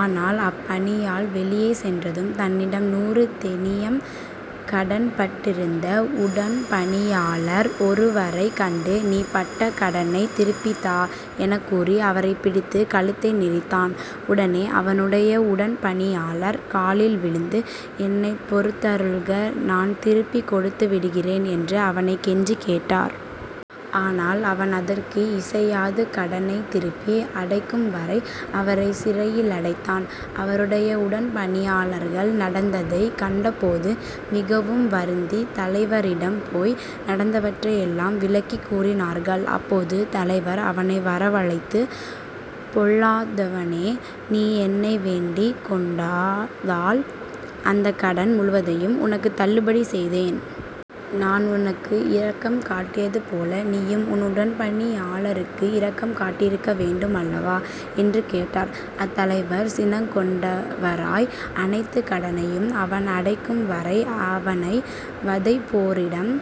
ஆனால் அப்பணியாள் வெளியே சென்றதும், தன்னிடம் நூறு தெனியம் கடன்பட்டிருந்த உடன் பணியாளர் ஒருவரைக் கண்டு," நீ பட்ட கடனைத் திருப்பித் தா" எனக்கூறி அவரைப் பிடித்துக் கழுத்தை நெரித்தான். உடனே அவனுடைய உடன் பணியாளர் காலில் விழுந்து, என்னைப் பொறுத்தருள்க நான் திருப்பிக் கொடுத்துவிடுகிறேன்" என்று அவனைக் கெஞ்சிக் கேட்டார். ஆனால் அவன் அதற்கு இசையாது, கடனைத் திருப்பி அடைக்கும்வரை அவரைச் சிறையிலடைத்தான். அவருடைய உடன் பணியாளர்கள் நடந்ததைக் கண்டபோது மிகவும் வருந்தித் தலைவரிடம் போய் நடந்தவற்றையெல்லாம் விளக்கிக் கூறினார்கள். அப்போது தலைவர் அவனை வரவழைத்து," பொல்லாதவனே, நீ என்னை வேண்டிக் கொண்டதால் அந்தக் கடன் முழுவதையும் உனக்குத் தள்ளுபடி செய்தேன். நான் உனக்கு இரக்கம் காட்டியதுபோல நீயும் உன் உடன்பணியாளருக்கு இரக்கம் காட்டியிருக்க வேண்டும் அல்லாவா? என்று கேட்டார். அத்தலைவர் சினங் கொண்டவராய், அனைத்துக் கடனையும் அவன் அடைக்கும்வரை அவனை வதைப்போரிடம்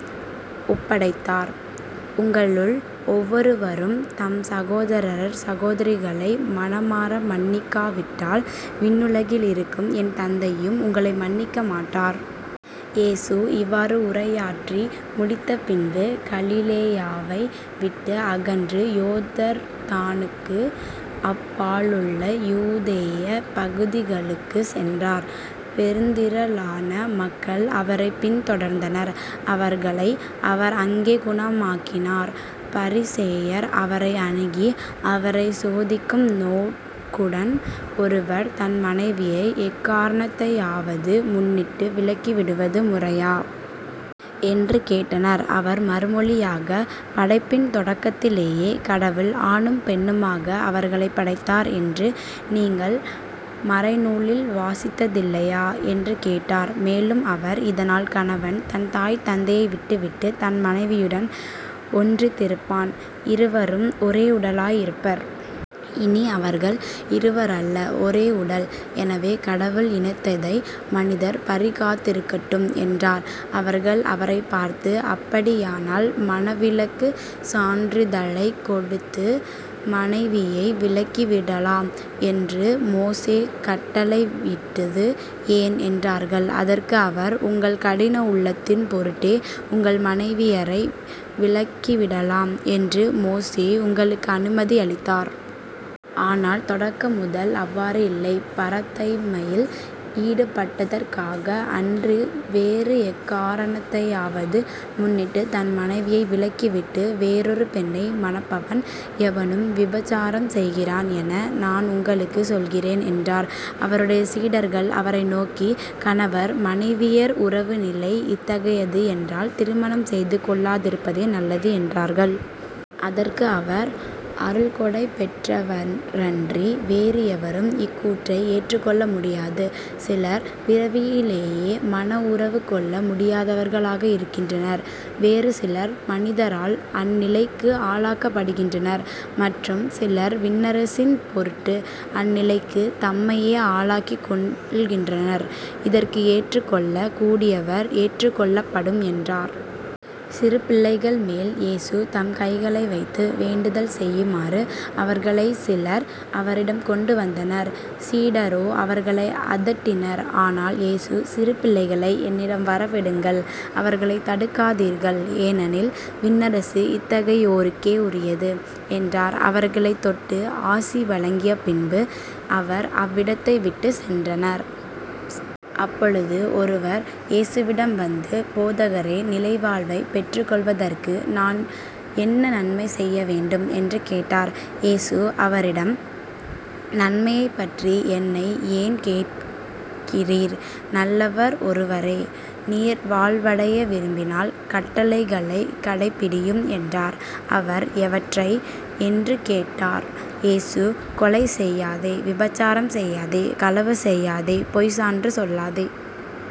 ஒப்படைத்தார். உங்களுள் ஒவ்வொருவரும் தம் சகோதரர் சகோதரிகளை மனமார மன்னிக்கா விட்டால் விண்ணுலகில் இருக்கும் என் தந்தையும் உங்களை மன்னிக்க மாட்டார். இயேசு இவ்வாறு உரையாற்றி முடித்த பின்பு கலிலேயாவை விட்டு அகன்று யோர்தானுக்கு அப்பாலுள்ள யூதேயப் பகுதிகளுக்குச் சென்றார். பெருந்திரளான மக்கள் அவரைப் பின் தொடர்ந்தனர். அவர்களை அவர் அங்கே குணமாக்கினார். பரிசேயர் அவரை அணுகி, அவரைச் சோதிக்கும் நோக்குடன்," ஒருவர் தம் மனைவியை எக்காரணத்தையாவது முன்னிட்டு விலக்கிவிடுவது முறையா? " என்று கேட்டனர். அவர் மறுமொழியாக," படைப்பின் தொடக்கத்திலேயே கடவுள்" ஆணும் பெண்ணுமாக அவர்களைப் படைத்தார்" என்று நீங்கள் மறைநூலில் வாசித்ததில்லையா? " என்று கேட்டார். மேலும் அவர்," இதனால் கணவன் தன் தாய் தந்தையை விட்டுவிட்டுத் தன் மனைவியுடன் ஒன்றித்திருப்பான். இருவரும் ஒரே உடலாய் இருப்பர். இனி அவர்கள் இருவர் அல்ல ஒரே உடல். எனவே கடவுள் இணைத்ததை மனிதர் பிரிக்காதிருக்கட்டும். " என்றார். அவர்கள் அவரைப் பார்த்து," அப்படியானால் மணவிலக்குச் சான்றிதழைக் கொடுத்து மனைவியை விலக்கி விடலாம் என்று மோசே கட்டளையிட்டது ஏன்? " என்றார்கள். அதற்கு அவர்" உங்கள் கடின உள்ளத்தின் பொருட்டே உங்கள் மனைவியரை விலக்கிவிடலாம் என்று மோசே உங்களுக்கு அனுமதி அளித்தார். ஆனால் தொடக்கமுதல் அவ்வாறு இல்லை. பரத்தைமையில் ஈடுபட்டதற்காக அன்றி வேறு எக்காரணத்தையாவது முன்னிட்டுத் தன் மனைவியை விலக்கிவிட்டு வேறொரு பெண்ணை மணப்பவன் எவனும் விபசாரம் செய்கிறான் என நான் உங்களுக்குச் சொல்கிறேன்" என்றார். அவருடைய சீடர்கள் அவரை நோக்கி," கணவர் மனைவியர் உறவு நிலை இத்தகையது என்றால் திருமணம் செய்து கொள்ளாதிருப்பதே நல்லது" என்றார்கள். அதற்கு அவர்,"அருள்கொடை பெற்றவரன்றி வேறு எவரும் இக்கூற்றை ஏற்றுக் கொள்ள முடியாது. சிலர் பிறவியிலேயே மண உறவு கொள்ள முடியாதவராய் இருக்கின்றனர். வேறு சிலர் மனிதரால் அந்நிலைக்கு ஆளாக்கப்படுகின்றனர். மற்றும் சிலர் விண்ணரசின்பொருட்டு அந்நிலைக்குத் தம்மையே ஆளாக்கிக் கொள்கின்றனர். இதை ஏற்றுக் கொள்ளக் கூடியவர் ஏற்றுக்கொள்ளட்டும்" என்றார். சிறுபிள்ளைகள் மேல் இயேசு தம் கைகளை வைத்து வேண்டுதல் செய்யுமாறு அவர்களைச் சிலர் அவரிடம் கொண்டு வந்தனர். சீடரோ அவர்களை அதட்டினர். ஆனால் இயேசு," சிறு பிள்ளைகளை என்னிடம் வரவிடுங்கள் அவர்களைத் தடுக்காதீர்கள் ஏனெனில் விண்ணரசு இத்தகையோருக்கே உரியது" என்றார். அவர்களைத் தொட்டு ஆசி வழங்கிய பின்பு அவர் அவ்விடத்தைவிட்டுச் சென்றார். அப்பொழுது ஒருவர் இயேசுவிடம் வந்து,"போதகரே, நிலை வாழ்வைப் பெற்றுக்கொள்வதற்கு நான் என்ன நன்மை செய்ய வேண்டும்? " என்று கேட்டார். இயேசு அவரிடம்," நன்மையைப்பற்றி என்னை ஏன் கேட்கிறீர்? நல்லவர் ஒருவரே. நீர் வாழ்வடைய விரும்பினால் கட்டளைகளைக் கடைப்பிடியும்" என்றார். அவர்,"எவற்றை? " என்று கேட்டார். இயேசு," கொலை செய்யாதே விபசாரம் செய்யாதே களவு செய்யாதே பொய்ச்சான்று சொல்லாதே